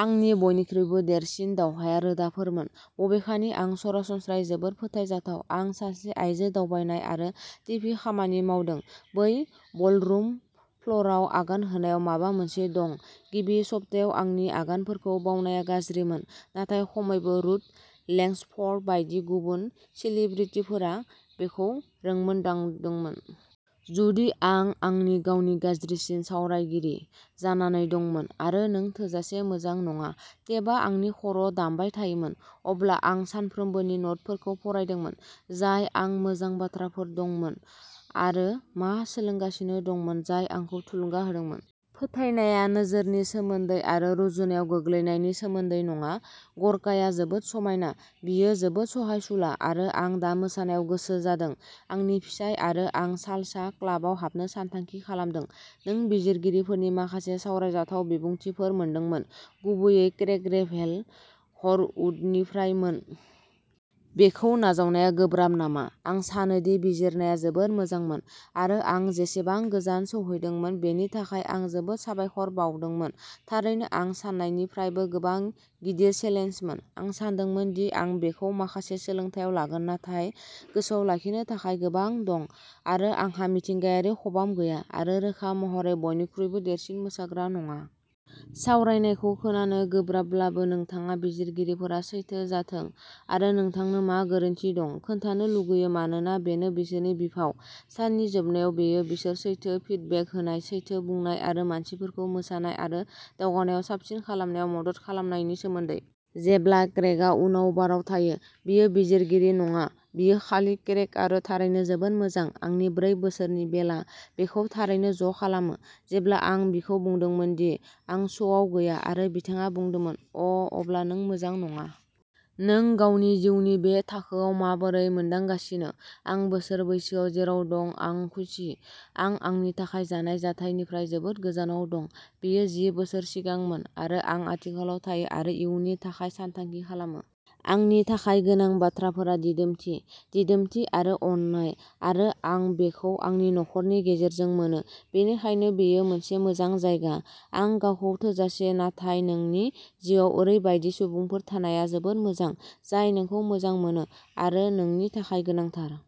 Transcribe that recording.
"आंनि बयनिख्रुइबो देरसिन दावहाया रोदाफोरमोन। बबेखानि आं सरासनस्रायै जोबोद फोथायजाथाव-आं सासे-आइजो दावबायनाय आरो टिभि खामानि मावदों-बै बलरुम फ्ल'रआव आगान होनायाव माबा मोनसे दं! गिबि सप्तायाव आंनि आगानफोरखौ बावनाया गाज्रिमोन, नाथाय खमैबो रुथ लेंग्सफर्ड बायदि गुबुन सेलिब्रिटिफोरा बेखौ रोंमोन्दांदोंमोन। " जुदि आं आंनि गावनि गाज्रिसिन सावरायगिरि जानानै दंमोन आरो'नों थोजासे मोजां नङा'टेपआ आंनि खर'आव दामबाय थायोमोन, अब्ला आं सानफ्रोमबोनि न'टफोरखौ फरायदोंमोन, जाय आं मोजां बाथ्राफोर दंमोन आरो मा सोलोंगासिनो दंमोन, जाय आंखौ थुलुंगा होदोंमोन। "फोथायनाया नोजोरनि सोमोन्दै आरो रुजुनायाव गोग्लैनायनि सोमोन्दै नङा। गर्काया जोबोद समायना, बियो जोबोद सहायसुला आरो आं दा मोसानायाव गोसो जादों। आंनि फिसाय आरो आं सालसा क्लाबाव हाबनो सानथांखि खालामदों। " नों बिजिरगिरिफोरनि माखासे सावरायजाथाव बिबुंथिफोर मोनदोंमोन, गुबैयै क्रेग रेभेल हरवुडनिफ्राय-मोन। बेखौ नाजावनाया गोब्राब नामा? "आं सानो दि बिजिरनाया जोबोद मोजांमोन, आरो आं जेसेबां गोजान सौहैदोंमोन बेनि थाखाय आं जोबोद साबायखर बावदोंमोन। थारैनो आं सान्नायनिफ्रायबो गोबां गिदिर चेलेन्जमोन। आं सानदोंमोन दि आं बेखौ माखासे सोलोंथायाव लागोन नाथाय गोसोआव लाखिनो थाखाय गोबां दं-आरो आंहा मिथिंगायारि खबाम गैया आरो रोखा महरै बयनिख्रुइबो देरसिन मोसाग्रा नङा! " सावरायनायखौ खोनानो गोब्राबब्लाबो, नोंथाङा बिजिरगिरिफोरा सैथो जाथों आरो नोंथांनो मा गोरोन्थि दं खोन्थानो लुगैयो मानोना बेनो बिसोरनि बिफाव। साननि जोबनायाव, बेयो बिसोर सैथो फिडबेक होनाय, सैथो बुंनाय आरो मानसिफोरखौ मोसानाय आरो दावगानायाव साबसिन खालामनायाव मदद खालामनायनि सोमोन्दै। "जेब्ला क्रेगआ उनाव बाराव थायो, बियो बिजिरगिरि नङा, बियो खालि क्रेग आरो थारैनो जोबोद मोजां। आंनि ब्रै बोसोरनि, बेलआ, बेखौ थारैनो ज'खालामो, जेब्ला आं बिखौ बुंदोंमोन दि आं श'आव गैया आरो बिथाङा बुंदोंमोन,'अ', अब्ला नों मोजां नङा! '"नों गावनि जिउनि बे थाखोआव माबोरै मोनदांगासिनो? " आं बोसोर बैसोआव जेराव दं आं खुसि। आं आंनि थाखाय जानाय जाथायनिफ्राय जोबोद गोजानाव दं-बेयो जि बोसोर सिगांमोन-आरो आं आथिखालाव थायो आरो इयुननि थाखाय सानथांखि खालामो। आंनि थाखाय गोनां बाथ्राफोरा दिदोमथि, दिदोमथि आरो अननाय, आरो आं बेखौ आंनि नखरनि गेजेरजों मोनो, बेनिखायनो बेयो मोनसे मोजां जायगा। "आं गावखौ-थोजासे, नाथाय नोंनि जिउआव ओरैबायदि सुबुंफोर थानाया जोबोद मोजां, जाय नोंखौ मोजां मोनो आरो नोंनि थाखाय गोनांथार।